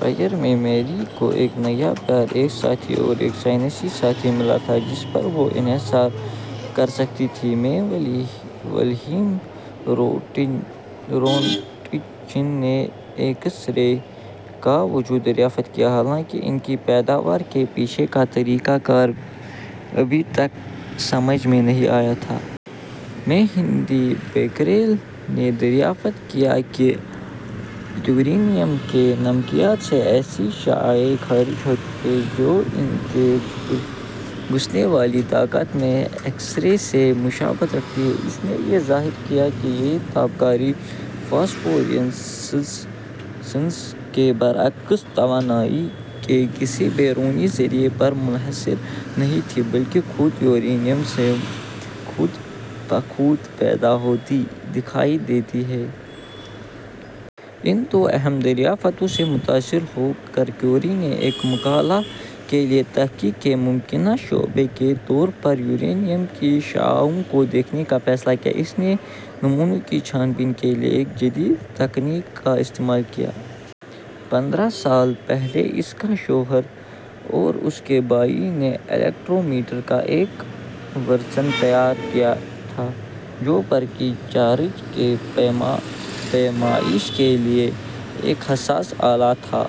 Pair میں، Marie کو ایک نیا پیار، ایک ساتھی اور ایک سائنسی ساتھی ملا تھا جس پر وہ انحصار کر سکتی تھی۔ میں، ولہیم رونٹجن نے ایکس رے کا وجود دریافت کیا، حالانکہ ان کی پیداوار کے پیچھے کا طریقہ کار ابھی تک سمجھ میں نہیں آیا تھا۔ میں، ہنری بیکریل نے دریافت کیا کہ یورینیم کے نمکیات سے ایسی شعاعیں خارج ہوتی ہیں جو ان کی گھسنے والی طاقت میں ایکس رے سے مشابہت رکھتی ہیں۔ اس نے یہ ظاہر کیا کہ یہ تابکاری، فاسفورسیسنس کے برعکس، توانائی کے کسی بیرونی ذریعہ پر منحصر نہیں تھی بلکہ خود یورینیم سے خود بخود پیدا ہوتی دکھائی دیتی ہے۔ ان دو اہم دریافتوں سے متاثر ہو کر، کیوری نے ایک مقالہ کے لیے تحقیق کے ممکنہ شعبے کے طور پر یورینیم کی شعاعوں کو دیکھنے کا فیصلہ کیا۔ اس نے نمونوں کی چھان بین کے لیے ایک جدید تکنیک کا استعمال کیا۔ پندرہ سال پہلے، اس کے شوہر اور اس کے بھائی نے الیکٹرومیٹر کا ایک ورژن تیار کیا تھا، جو برقی چارج کی پیمائش کے لیے ایک حساس آلہ تھا۔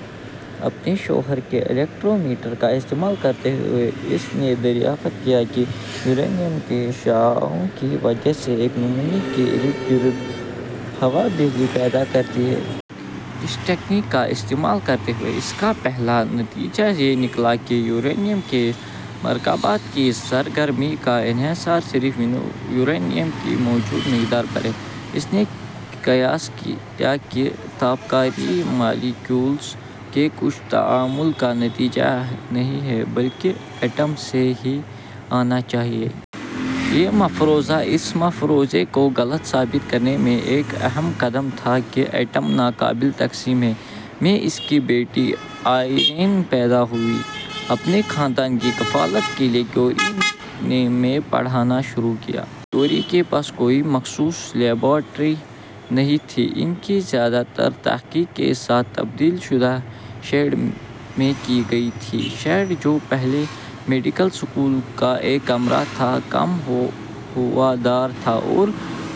اپنے شوہر کے الیکٹرومیٹر کا استعمال کرتے ہوئے، اس نے دریافت کیا کہ یورینیم کی شعاعوں کی وجہ سے ایک نمونے کے ارد گرد کی ہوا بجلی پیدا کرتی ہے۔ اس تکنیک کا استعمال کرتے ہوئے، اس کا پہلا نتیجہ یہ نکلا کہ یورینیم کے مرکبات کی سرگرمی کا انحصار صرف یورینیم کی موجود مقدار پر ہے۔ اس نے قیاس کیا کہ تابکاری مالیکیولز کے کچھ تعامل کا نتیجہ نہیں ہے بلکہ ایٹم سے ہی آنا چاہیے۔ یہ مفروضہ اس مفروضے کو غلط ثابت کرنے میں ایک اہم قدم تھا کہ ایٹم ناقابل تقسیم ہیں۔ میں، اس کی بیٹی آئرین پیدا ہوئی. اپنے خاندان کی کفالت کے لیے، کیوری نے میں پڑھانا شروع کیا۔ کیوری کے پاس کوئی مخصوص لیبارٹری نہیں تھی۔ ان کی زیادہ تر تحقیق کے ساتھ تبدیل شدہ شیڈ میں کی گئی تھی۔ شیڈ، جو پہلے میڈیکل اسکول کا ایک کمرہ تھا، کم ہوادار تھا اور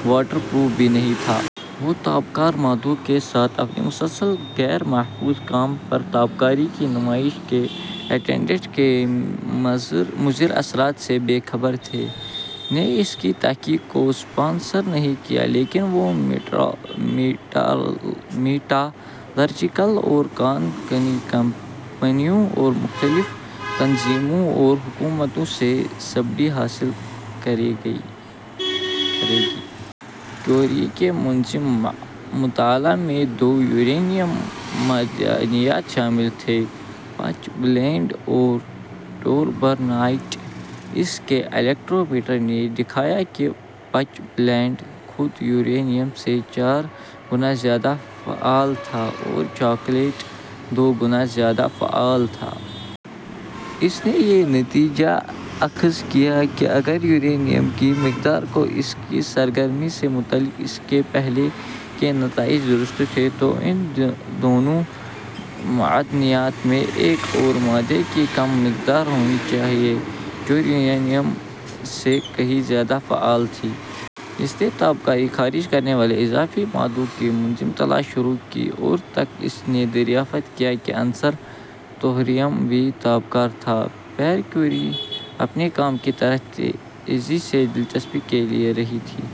واٹر پروف بھی نہیں تھا۔ وہ تابکار مادوں کے ساتھ اپنے مسلسل غیر محفوظ کام پر تابکاری کی نمائش کے اٹینڈنٹ کے مضر اثرات سے بے خبر تھے۔ نے اس کی تحقیق کو سپانسر نہیں کیا، لیکن وہ میٹالرجیکل اور کان کنی کمپنیوں اور مختلف تنظیموں اور حکومتوں سے سبسڈی حاصل کرے گی۔ کیوری کے منظم مطالعہ میں دو یورینیم معدنیات شامل تھے، پچ بلینڈ اور ٹوربرنائٹ۔ اس کے الیکٹرومیٹر نے دکھایا کہ پچ بلینڈ خود یورینیم سے چار گنا زیادہ فعال تھا اور چاکلیٹ دو گنا زیادہ فعال تھا۔ اس نے یہ نتیجہ اخذ کیا کہ اگر یورینیم کی مقدار کو اس کی سرگرمی سے متعلق اس کے پہلے کے نتائج درست تھے، تو ان دونوں معدنیات میں ایک اور مادے کی کم مقدار ہونی چاہیے جو یورینیم سے کہیں زیادہ فعال تھی۔ اس نے تابکاری خارج کرنے والے اضافی مادوں کی منظم تلاش شروع کی اور تک اس نے دریافت کیا کہ عنصر تھوریم بھی تابکار تھا۔ پیئر کیوری اپنے کام کی طرف تیزی سے دلچسپی لے رہی تھی۔